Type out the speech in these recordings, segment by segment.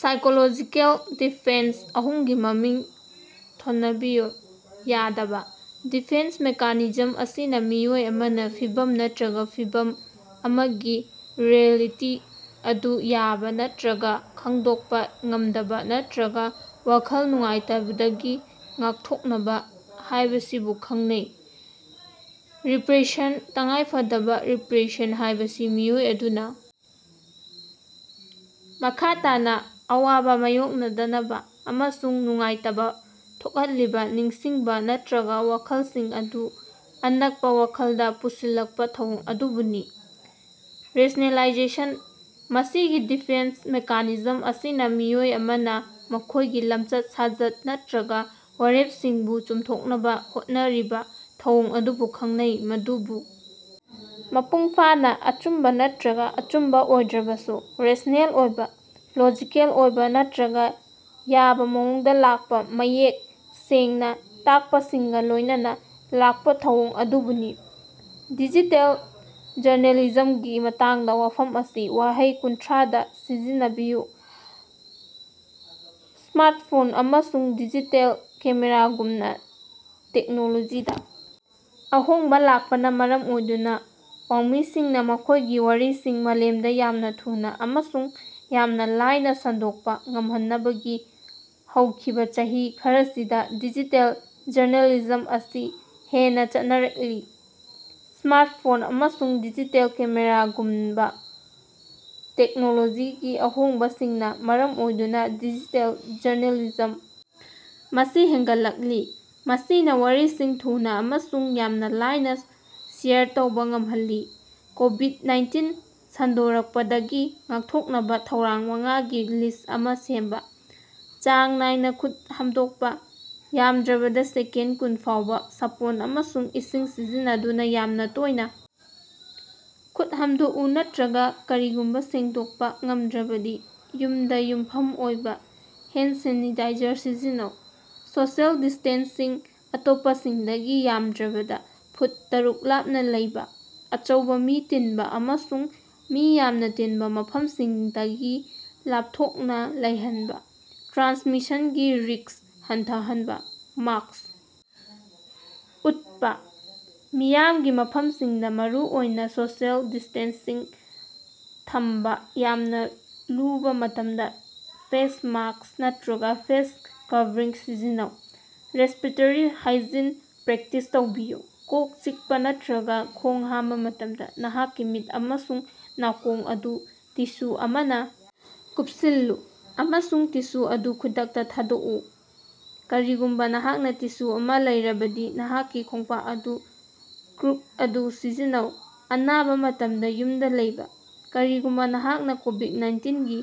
Psychological defence ꯑꯍꯨꯝꯒꯤ ꯃꯃꯤꯡ ꯊꯣꯟꯅꯕꯤꯌꯨ꯫ ꯌꯥꯗꯕꯥ: ꯗꯤꯐꯦꯟꯁ ꯃꯦꯀꯥꯅꯤꯖꯝ ꯑꯁꯤꯅ ꯃꯤꯑꯣꯏ ꯑꯃꯅ ꯐꯤꯚꯝ ꯅꯠꯇ꯭ꯔꯒ ꯐꯤꯚꯝ ꯑꯃꯒꯤ ꯔꯤꯑꯦꯂꯤꯇꯤ ꯑꯗꯨ ꯌꯥꯕ ꯅꯠꯇ꯭ꯔꯒ ꯈꯪꯗꯣꯛꯄ ꯉꯝꯗꯕꯥ ꯅꯠꯇ꯭ꯔꯒ ꯋꯥꯈꯜ ꯅꯨꯡꯉꯥꯏꯇꯕꯗꯒꯤ ꯉꯥꯛꯊꯣꯛꯅꯕ ꯍꯥꯏꯕꯁꯤꯕꯨ ꯈꯪꯅꯩ꯫ ꯔꯤꯄ꯭ꯔꯦꯁꯟ: ꯇꯉꯥꯏꯐꯗꯅꯥ, ꯔꯤꯄ꯭ꯔꯦꯁꯟ ꯍꯥꯏꯕꯁꯤ ꯃꯤꯑꯣꯏ ꯑꯗꯨꯅ ꯃꯈꯥ ꯇꯥꯅ ꯑꯋꯥꯕ ꯃꯥꯌꯣꯛꯅꯗꯅꯕꯥ ꯑꯃꯁꯨꯡ ꯅꯨꯡꯉꯥꯏꯇꯕ ꯊꯣꯛꯍꯜꯂꯤꯕ ꯅꯤꯡꯁꯤꯡꯕ ꯅꯠꯇ꯭ꯔꯒ ꯋꯥꯈꯜꯁꯤꯡ ꯑꯗꯨ ꯑꯅꯛꯄꯥ ꯋꯥꯈꯜꯗ ꯄꯨꯁꯤꯜꯂꯛꯄꯥ ꯊꯧꯑꯣꯡ ꯑꯗꯨꯕꯨꯅꯤ꯫ ꯔꯦꯁꯅꯦꯂꯥꯏꯖꯦꯁꯟ: ꯃꯁꯤꯒꯤ ꯗꯤꯐꯦꯟꯁ ꯃꯦꯀꯥꯅꯤꯖꯝ ꯑꯁꯤꯅ ꯃꯤꯑꯣꯏ ꯑꯃꯅ ꯃꯈꯣꯏꯒꯤ ꯂꯝꯆꯠ-ꯁꯥꯖꯠ ꯅꯠꯇ꯭ꯔꯒ ꯋꯥꯔꯦꯞꯁꯤꯡꯕꯨ ꯆꯨꯝꯊꯣꯛꯅꯕ ꯍꯣꯠꯅꯔꯤꯕ ꯊꯧꯑꯣꯡ ꯑꯗꯨꯕꯨ ꯈꯪꯅꯩ, ꯃꯗꯨꯕꯨ ꯃꯄꯨꯡꯐꯥꯅ ꯑꯆꯨꯝꯕ ꯅꯠꯇ꯭ꯔꯒ ꯑꯆꯨꯝꯕ ꯑꯣꯏꯗ꯭ꯔꯕꯁꯨ, ꯔꯦꯁꯅꯦꯜ ꯑꯣꯏꯕ, ꯂꯣꯖꯤꯀꯦꯜ ꯑꯣꯏꯕ ꯅꯠꯇ꯭ꯔꯒ ꯌꯥꯕ ꯃꯑꯣꯡꯗ ꯂꯥꯛꯄ ꯃꯌꯦꯛ ꯁꯦꯡꯅ ꯇꯥꯛꯄꯁꯤꯡꯒ ꯂꯣꯏꯅꯅ ꯂꯥꯛꯄ ꯊꯧꯑꯣꯡ ꯑꯗꯨꯕꯨꯅꯤ꯫ ꯗꯤꯖꯤꯇꯦꯜ ꯖꯔꯅꯦꯂꯤꯖꯝꯒꯤ ꯃꯇꯥꯡꯗ ꯋꯥꯐꯝ ꯑꯁꯤ ꯋꯥꯍꯩ ꯀꯨꯟꯊ꯭ꯔꯥꯗꯥ ꯁꯝꯖꯤꯟꯅꯕꯤꯌꯨ꯫ ꯁ꯭ꯃꯥꯔꯠꯐꯣꯟ ꯑꯃꯁꯨꯡ ꯗꯤꯖꯤꯇꯦꯜ ꯀꯦꯃꯦꯔꯥꯒꯨꯝꯕ ꯇꯦꯛꯅꯣꯂꯣꯖꯤꯗꯥ ꯑꯍꯣꯡꯕ ꯂꯥꯛꯄꯅ ꯃꯔꯝ ꯑꯣꯏꯗꯨꯅ ꯄꯥꯎꯃꯤꯁꯤꯡꯅ ꯃꯈꯣꯏꯒꯤ ꯋꯥꯔꯤꯁꯤꯡ ꯃꯥꯂꯦꯝꯗ ꯌꯥꯝꯅ ꯊꯨꯅꯥ ꯑꯃꯁꯨꯡ ꯌꯥꯝꯅ ꯂꯥꯏꯅ ꯁꯟꯗꯣꯛꯄ ꯉꯝꯍꯟꯅꯕꯒꯤ ꯍꯧꯈꯤꯕꯥ ꯆꯍꯤ ꯈꯔꯁꯤꯗ ꯗꯤꯖꯤꯇꯦꯜ ꯖꯔꯅꯦꯂꯤꯖꯝ ꯑꯁꯤ ꯍꯦꯟꯅꯥ ꯆꯠꯅꯔꯛꯂꯤ꯫ ꯁ꯭ꯃꯥꯔꯠꯐꯣꯟ ꯑꯃꯁꯨꯡ ꯗꯤꯖꯤꯇꯦꯜ ꯀꯦꯃꯦꯔꯥꯒꯨꯝꯕ ꯇꯦꯛꯅꯣꯂꯣꯖꯤꯒꯤ ꯑꯍꯣꯡꯕꯁꯤꯡꯅꯥ ꯃꯔꯝ ꯑꯣꯏꯗꯨꯅ ꯗꯤꯖꯤꯇꯦꯜ ꯖꯔꯅꯦꯂꯤꯖꯝ ꯃꯁꯤ ꯍꯦꯟꯒꯠꯂꯛꯂꯤ, ꯃꯁꯤꯅ ꯋꯥꯔꯤꯁꯤꯡ ꯊꯨꯅꯥ ꯑꯃꯁꯨꯡ ꯌꯥꯝꯅ ꯂꯥꯏꯅ ꯁꯦꯌꯔ ꯇꯧꯕ ꯉꯝꯍꯜꯂꯤ꯫ ꯀꯣꯕꯤꯗ-ꯅꯥꯏꯟꯇꯤꯟ ꯁꯟꯗꯣꯔꯛꯄꯗꯒꯤ ꯉꯥꯛꯊꯣꯛꯅꯕ ꯊꯧꯔꯥꯡ ꯃꯉꯥꯒꯤ ꯂꯤꯁ ꯑꯃ ꯁꯦꯝꯕ꯫ ꯆꯥꯡ ꯅꯥꯏꯅ ꯈꯨꯠ ꯍꯥꯝꯗꯣꯡꯄ: ꯌꯥꯝꯗ꯭ꯔꯕꯗꯥ ꯁꯦꯀꯦꯟ ꯀꯨꯟ ꯐꯥꯎꯕ ꯁꯥꯄꯣꯟ ꯑꯃꯁꯨꯡ ꯏꯁꯤꯡ ꯁꯤꯖꯤꯟꯅꯗꯨꯅ ꯌꯥꯝꯅ ꯇꯣꯏꯅꯥ ꯈꯨꯠ ꯍꯥꯝꯗꯣꯛꯎ ꯅꯠꯇ꯭ꯔꯒ ꯀꯔꯤꯒꯨꯝꯕ ꯁꯦꯡꯗꯣꯛꯄ ꯉꯝꯗ꯭ꯔꯕꯗꯤ ꯌꯨꯝꯗ ꯌꯨꯝꯐꯝ ꯑꯣꯏꯕ ꯍꯦꯟ ꯁꯦꯅꯤꯇꯥꯏꯖꯔ ꯁꯤꯖꯤꯟꯅꯧ꯫ ꯁꯣꯁꯤꯑꯦꯜ ꯗꯤꯁꯇꯦꯟꯁꯤꯡ: ꯑꯇꯣꯞꯄꯁꯤꯡꯗꯒꯤ ꯌꯥꯝꯗ꯭ꯔꯕꯗꯥ ꯐꯨꯠ ꯇꯔꯨꯛ ꯂꯥꯞꯅ ꯂꯩꯕꯥ, ꯑꯆꯧꯕ ꯃꯤ ꯇꯤꯟꯕ ꯑꯃꯁꯨꯡ ꯃꯤ ꯌꯥꯝꯅ ꯇꯤꯟꯕ ꯃꯐꯝꯁꯤꯡꯗꯒꯤ ꯂꯥꯞꯊꯣꯛꯅ ꯂꯩꯍꯟꯕꯥ, ꯇ꯭ꯔꯥꯟꯁꯃꯤꯁꯟꯒꯤ ꯔꯤꯛꯁ ꯍꯟꯊꯍꯟꯅꯕꯥ꯫ ꯃꯥꯁ꯭ꯛ ꯎꯞꯄꯥ: ꯃꯤꯌꯥꯝꯒꯤ ꯃꯐꯝꯁꯤꯡꯗ, ꯃꯔꯨꯑꯣꯏꯅ ꯁꯣꯁꯤꯑꯦꯜ ꯗꯤꯁꯇꯦꯟꯁꯤꯡ ꯊꯝꯕ ꯌꯥꯝꯅ ꯂꯨꯕ ꯃꯇꯝꯗ ꯐꯦꯁ ꯃꯥꯁ꯭ꯛ ꯅꯠꯇ꯭ꯔꯒ ꯐꯦꯁ ꯀꯚꯔꯤꯡ ꯁꯤꯖꯤꯟꯅꯧ꯫ ꯔꯦꯁꯄꯤꯔꯦꯇ꯭ꯔꯤ ꯍꯥꯏꯖꯤꯟ ꯄ꯭ꯔꯦꯛꯇꯤꯁ ꯇꯧꯕꯤꯌꯨ: ꯀꯣꯛ ꯆꯤꯛꯄ ꯅꯠꯇ꯭ꯔꯒ ꯈꯣꯡ ꯍꯥꯝꯕ ꯃꯇꯝꯗ ꯅꯍꯥꯛꯀꯤ ꯃꯤꯠ ꯑꯃꯁꯨꯡ ꯅꯥꯀꯣꯡ ꯑꯗꯨ ꯇꯤꯁꯨ ꯑꯃꯅꯥ ꯀꯨꯞꯁꯤꯜꯂꯨ ꯑꯃꯁꯨꯡ ꯇꯤꯁꯨ ꯑꯗꯨ ꯈꯨꯗꯛꯇꯥ ꯊꯥꯗꯣꯛꯎ꯫ ꯀꯔꯤꯒꯨꯝꯕ ꯅꯍꯥꯛꯅꯥ ꯇꯤꯁꯨ ꯑꯃ ꯂꯩꯔꯕꯗꯤ, ꯅꯍꯥꯛꯀꯤ ꯈꯣꯡꯄꯥꯛ ꯑꯗꯨꯒꯤ ꯀ꯭ꯔꯨꯛ ꯑꯗꯨ ꯁꯤꯖꯤꯟꯅꯧ꯫ ꯑꯅꯥꯕ ꯃꯇꯝꯗ ꯌꯨꯝꯗꯥ ꯂꯩꯕ: ꯀꯔꯤꯒꯨꯝꯕ ꯅꯍꯥꯛꯅ ꯀꯣꯕꯤꯠ-ꯅꯥꯏꯟꯇꯤꯟꯒꯤ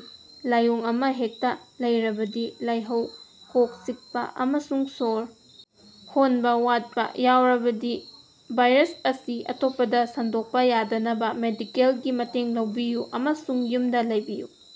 ꯂꯥꯏꯑꯣꯡ ꯑꯃ ꯍꯦꯛꯇꯥ ꯂꯩꯔꯕꯗꯤ ꯂꯥꯏꯍꯧ, ꯀꯣꯛ ꯆꯤꯛꯄ, ꯑꯃꯁꯨꯡ ꯁꯣꯔ ꯍꯣꯟꯕ ꯋꯥꯠꯄ ꯌꯥꯎꯔꯕꯗꯤ, ꯚꯥꯏꯔꯁ ꯑꯁꯤ ꯑꯇꯣꯞꯄꯗꯥ ꯁꯟꯗꯣꯛꯄ ꯌꯥꯗꯅꯕ ꯃꯦꯗꯤꯀꯦꯜꯒꯤ ꯃꯇꯦꯡ ꯂꯧꯕꯤꯌꯨ ꯑꯃꯁꯨꯡ ꯌꯨꯝꯗꯥ ꯂꯩꯕꯤꯌꯨ꯫